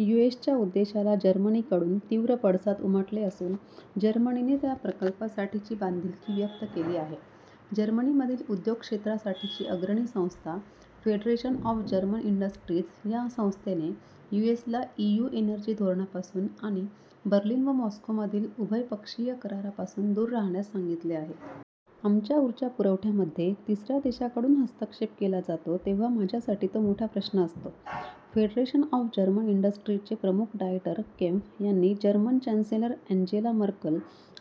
यूएसच्या उद्देशाला जर्मनीकडून तीव्र पडसाद उमटले असून जर्मनीने त्या प्रकल्पासाठीची बांधीलकी व्यक्त केली आहे. जर्मनीमधील उद्योगक्षेत्रासाठीची अग्रणी संस्था फेडरेशन ऑफ जर्मन इंडस्ट्रीज या संस्थेने यूएसला ईयू एनर्जी धोरणापासून आणि बर्लिन व मॉस्कोमधील उभय पक्षीय करारापासून दूर राहण्यास सांगितले आहे. "आमच्या उर्जा पुरवठ्यामध्ये तिसऱ्या देशाकडून हस्तक्षेप केला जातो तेव्हा माझ्यासाठी तो मोठा प्रश्न असतो," फेडरेशन ऑफ जर्मन इंडस्ट्रीजचे प्रमुख डाएटर केम्फ यांनी जर्मन चॅन्सेलर अँन्जेला मर्कल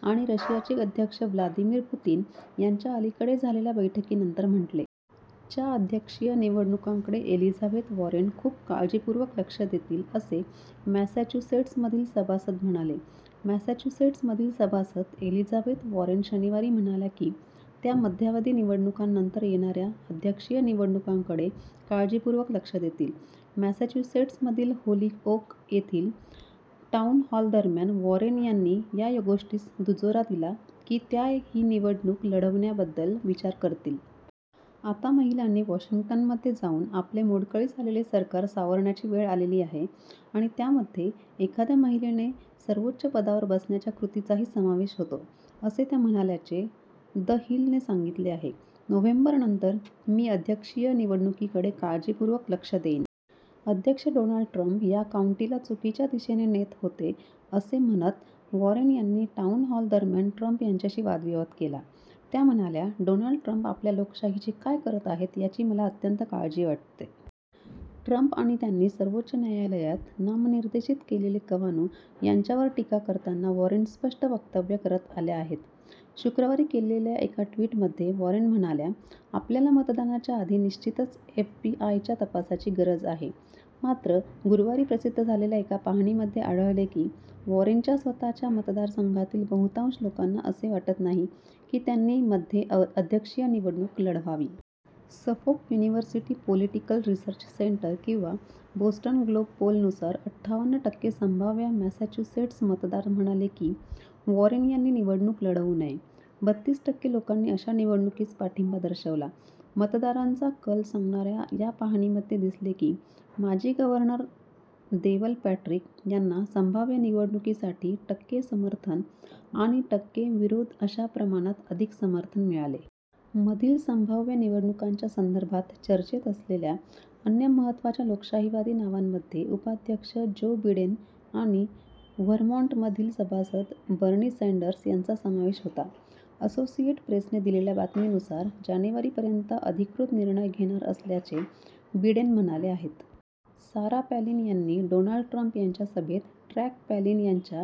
आणि रशियाचे अध्यक्ष ब्लादिमीर पुतिन यांच्या अलीकडे झालेल्या बैठकीनंतर म्हटले. च्या अध्यक्षीय निवडणुकांकडे एलिथाबेथ वॉरेन "खूप काळजीपूर्वक लक्ष" देतील, असे मॅसॅच्युसेट्समधील सभासद म्हणाले. मॅसॅच्युसेट्समधील सभासद एलिझाबेथ वॉरेन शनिवारी म्हणाल्या की त्या मध्यावधी निवडणुकांनंतर येणाऱ्या अध्यक्षीय निवडणुकांकडे "काळजीपूर्वक लक्ष" देतील. मॅसॅच्युसेट्समधील होलीओक येथील टाउन हॉलदरम्यान वॉरेन यांनी या गोष्टीस दुजोरा दिला की त्या ही निवडणूक लढविण्याबद्दल विचार करतील. "आता महिलांनी वॉशिंग्टनमध्ये जाऊन आपले मोडकळीस आलेले सरकार सावरण्याची वेळ आलेली आहे आणि त्यामध्ये एखाद्या महिलेने सर्वोच्च पदावर बसण्याच्या कृतीचाही समावेशी होतो," असे त्या म्हणाल्याचे द हिल ने सांगितले आहे. " नोव्हेंबरनंतर, मी अध्यक्षीय निवडणुकीकडे काळजीपूर्वक लक्ष देईन. " अध्यक्ष डोनाल्ड ट्रम्प "या काउंटीला चुकीच्या दिशेने नेत होते" असे म्हणत वॉरेन यांनी टाउन हॉलदरम्यान ट्रम्प यांच्याशी वादविवाद केला. त्या म्हणाल्या, "डोनाल्ड ट्रम्प आपल्या लोकशाहीचे काय करत आहेत याची मला अत्यंत काळजी वाटते. " ट्रम्प आणि त्यांनी सर्वोच्च न्यायालयात नामनिर्देशित केलेले कवानु यांच्यावर टीका करताना वॉरेन स्पष्ट वक्तव्य करत आल्या आहेत. शुक्रवारी केलेल्या एका ट्विटमध्ये, वॉरेन म्हणाल्या, "आपल्याला मतदानाच्या आधी निश्चितच एफबीआय़च्या तपासाची गरज आहे. " मात्र, गुरुवारी प्रसिद्ध झालेल्या एका पाहणीमध्ये आढळले की वॉरेनच्या स्वतःच्या मतदारसंघातील बहुतांश लोकांना असे वाटत नाही की त्यांनी मध्ये अध्यक्षीय निवडणुक लढवावी. Suffolk University Political Research Center Boston Globe poll नुसार अठ्ठावन्न टक्के "संभाव्य" मॅसॅच्युसेट्स मतदार म्हणाले की वॉरेन यांनी निवडणूक लढवू नये. बत्तीस टक्के लोकांनी अशा निवडणुकीस पाठिंबा दर्शवला. मतदारांचा कल सांगणाऱ्या या पाहणीमध्ये दिसले की माजी गव्हर्नर देवल पॅट्रिक यांना संभाव्य निवडणुकीसाठी टक्के समर्थन आणि टक्के विरोध अशा प्रमाणात अधिक समर्थन मिळाले. मधील संभाव्य निवडणुकांच्या संदर्भात चर्चेत असलेल्या अन्य महत्त्वाच्या लोकशाहीवादी नावांमध्ये उपाध्यक्ष जो बिडेन आणि व्हरमॉन्टमधील सभासद बर्नी सॅंडर्स यांचा समावेश होता. असोसिएट प्रेसने दिलेल्या बातमीनुसार जानेवारीपर्यंत अधिकृत निर्णय घेणार असल्याचे बिडेन म्हणाले आहेत. सारा पॅलिन यांनी डोनाल्ड ट्रम्प यांच्या सभेत ट्रॅक पॅलिन यांच्या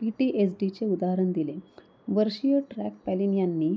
पीटीएसडीचे उदाहरण दिले. वर्षीय ट्रॅक पॅलिन यांनी